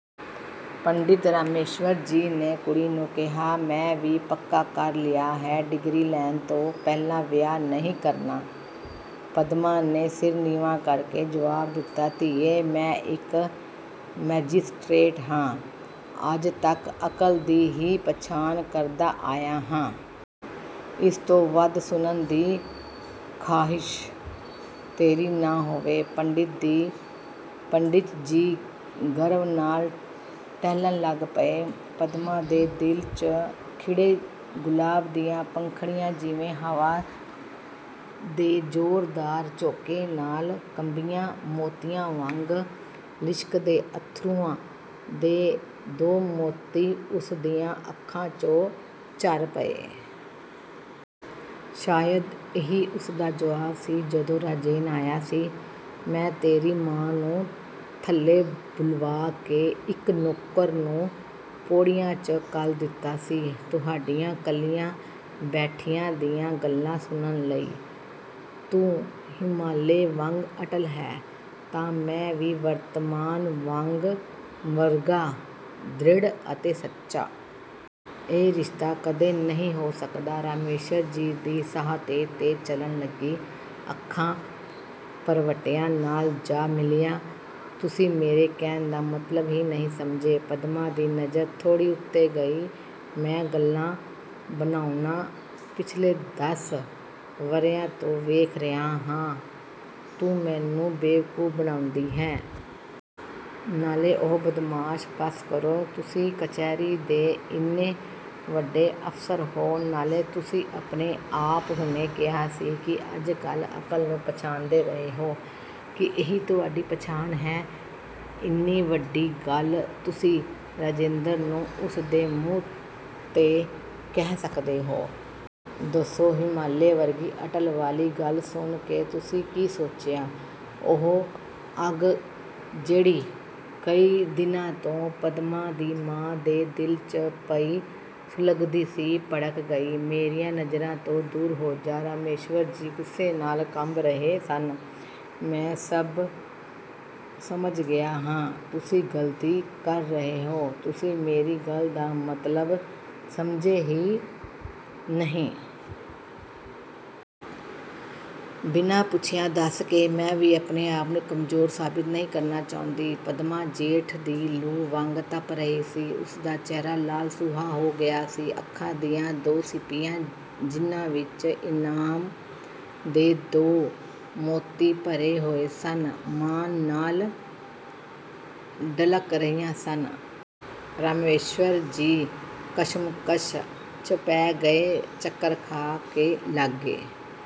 ਪੰਡਿਤ ਰਾਮੇਸ਼੍ਵਰ ਜੀ ਨੇ ਕੁੜੀ ਨੂੰ ਕਿਹਾ, "ਮੈਂ ਵੀ ਪੱਕਾ ਕਰ ਲਿਆ ਹੈ, ਡਿਗਰੀ ਲੈਣ ਤੋਂ ਪਹਿਲਾਂ ਵਿਆਹ ਨਹੀਂ ਕਰਨਾ।" ਪਦਮਾ ਨੇ ਸਿਰ ਨੀਵਾਂ ਕਰਕੇ ਜਵਾਬ ਦਿੱਤਾ। "ਧੀਏ, ਮੈਂ ਇੱਕ ਮੈਜਿਸਟ੍ਰੇਟ ਹਾਂ, ਅੱਜ ਤੱਕ ਅਕਲ ਦੀ ਹੀ ਪਛਾਣ ਕਰਦਾ ਆਇਆ ਹਾਂ। ਇਸ ਤੋਂ ਵੱਧ ਸੁਣਨ ਦੀ ਖ਼ਾਹਿਸ਼ ਤੇਰੀ ਨਾ ਹੋਵੇ," ਪੰਡਿਤ ਜੀ ਗਰਵ ਨਾਲ਼ ਟਹਿਲਣ ਲੱਗ ਪਏ। ਪਦਮਾ ਦੇ ਦਿਲ 'ਚ ਖਿੜੇ ਗੁਲਾਬ ਦੀਆਂ ਪੰਖੜੀਆਂ ਜਿਵੇਂ ਹਵਾ ਦੇ ਜ਼ੋਰਦਾਰ ਝੋਂਕੇ ਨਾਲ਼ ਕੰਬੀਆਂ, ਮੋਤੀਆਂ ਵਾਂਗ ਲਿਸ਼ਕਦੇ ਅਥਰੂਆਂ ਦੇ ਦੋ ਮੋਤੀ ਉਸਦੀਆਂ ਅੱਖਾਂ 'ਚੋਂ ਝਰ ਪਏ। ਸ਼ਾਇਦ ਇਹੀ ਉਸਦਾ ਜਵਾਬ ਸੀ! "ਜਦੋਂ ਰਾਜੇਨ ਆਇਆ ਸੀ ਮੈਂ ਤੇਰੀ ਮਾਂ ਨੂੰ ਥੱਲੇ ਬੁਲਵਾ ਕੇ ਇੱਕ ਨੌਕਰ ਨੂੰ ਪੌੜੀਆਂ 'ਚ ਘੱਲ ਦਿੱਤਾ ਸੀ, ਤੁਹਾਡੀਆਂ ਕੱਲੀਆਂ ਬੈਠਿਆਂ ਦੀਆਂ ਗੱਲਾਂ ਸੁਣਨ ਲਈ। ਤੂੰ ਹਿਮਾਲੇ ਵਾਂਗ ਅਟੱਲ ਹੈਂ ਤਾਂ ਮੈਂ ਵੀ ਵਰਤਮਾਨ ਵਰਗਾ ਦ੍ਰਿੜ੍ਹ ਅਤੇ ਸੱਚਾ।" ਇਹ ਰਿਸ਼ਤਾ ਕਦੇ ਨਹੀਂ ਹੋ ਸਕਦਾ!" ਰਾਮੇਸ਼੍ਵਰ ਜੀ ਦੀ ਸਾਹ ਤੇਜ਼-ਤੇਜ਼ ਚੱਲਣ ਲੱਗੀ, ਅੱਖਾਂ ਭਰਵੱਟਿਆਂ ਨਾਲ਼ ਜਾ ਮਿਲੀਆਂ। "ਤੁਸੀਂ ਮੇਰੇ ਕਹਿਣ ਦਾ ਮਤਲਬ ਹੀ ਨਹੀਂ ਸਮਝੇ।" ਪਦਮਾ ਦੀ ਨਜ਼ਰ ਥੋੜ੍ਹੀ ਉੱਤੇ ਗਈ। "ਮੈਂ ਗੱਲਾਂ ਬਣਾਉਣਾ ਪਿੱਛਲੇ ਦੱਸ ਵਰ੍ਹਿਆਂ ਤੋਂ ਵੇਖ ਰਿਹਾ ਹਾਂ, ਤੂੰ ਮੈਨੂੰ ਬੇਵਕੂਫ਼ ਬਣਾਉਂਦੀ ਹੈਂ? ਨਾਲੇ ਉਹ ਬਦਮਾਸ਼" "ਬੱਸ ਕਰੋ, ਤੁਸੀਂ ਕਚਹਿਰੀ ਦੇ ਇੰਨੇ ਵੱਡੇ ਅਫ਼ਸਰ ਹੋ। ਨਾਲੇ ਤੁਸੀਂ ਆਪ ਹੁਣੇ ਕਿਹਾ ਸੀ ਕਿ ਅੱਜ ਤੱਕ ਅਕਲ ਨੂੰ ਪਛਾਣਦੇ ਰਹੇ ਹੋ, ਕੀ ਇਹੀ ਤੁਹਾਡੀ ਪਛਾਣ ਹੈ? ਇੰਨੀ ਵੱਡੀ ਗੱਲ ਤੁਸੀਂ ਰਾਜੇਂਦਰ ਨੂੰ, ਉਸਦੇ ਮੂੰਹ 'ਤੇ ਕਹਿ ਸਕਦੇ ਹੋ? ਦੱਸੋ! ਹਿਮਾਲੇ ਵਰਗੀ ਅਟੱਲ ਵਾਲੀ ਗੱਲ ਸੁਣ ਕੇ ਤੁਸੀਂ ਕੀ ਸੋਚਿਆ?" ਉਹ ਅੱਗ ਜਿਹੜੀ ਕਈ ਦਿਨਾਂ ਤੋਂ ਪਦਮਾ ਦੀ ਮਾਂ ਦੇ ਦਿਲ 'ਚ ਪਈ ਸੁਲਗਦੀ ਸੀ, ਭੜਕ ਗਈ! "ਮੇਰੀਆਂ ਨਜ਼ਰਾਂ ਤੋਂ ਦੂਰ ਹੋ ਜਾ," ਰਾਮੇਸ਼੍ਵਰ ਜੀ ਗੁੱਸੇ ਨਾਲ਼ ਕੰਬ ਰਹੇ ਸਨ, "ਮੈਂ ਸਭ ਸਮਝ ਗਿਆ ਹਾ" "ਤੁਸੀਂ ਗ਼ਲਤੀ ਕਰ ਰਹੇ ਹੋ, ਤੁਸੀਂ ਮੇਰੀ ਗੱਲ ਦਾ ਮਤਲਬ ਸਮਝੇ ਹੀ ਨਹੀਂ। ਬਿਨਾ ਪੁੱਛਿਆਂ ਦੱਸ ਕੇ ਮੈਂ ਵੀ ਆਪਣੇ-ਆਪ ਨੂੰ ਕਮਜ਼ੋਰ ਸਾਬਿਤ ਨਹੀਂ ਕਰਨਾ ਚਾਹੁੰਦੀ।" ਪਦਮਾ ਜੇਠ ਦੀ ਲੂ ਵਾਂਗ ਤੱਪ ਰਹੀ ਸੀ, ਉਸਦਾ ਚਿਹਰਾ ਲਾਲ-ਸੂਹਾ ਹੋ ਗਿਆ ਸੀ। ਅੱਖਾਂ ਦੀਆਂ ਦੋ ਸੀਪੀਆਂ, ਜਿਨ੍ਹਾਂ ਵਿੱਚ ਇਨਾਮ ਦੇ ਦੋ ਮੋਤੀ ਭਰੇ ਹੋਏ ਸਨ, ਮਾਣ ਨਾਲ਼ ਡਲ੍ਹਕ ਰਹੀਆਂ ਸਨ! ਰਾਮੇਸ਼੍ਵਰ ਜੀ ਕਸ਼ਮਕਸ਼ 'ਚ ਪੈ ਗਏ। ਚੱਕਰ ਖਾ ਕੇ ਲਾਗੇ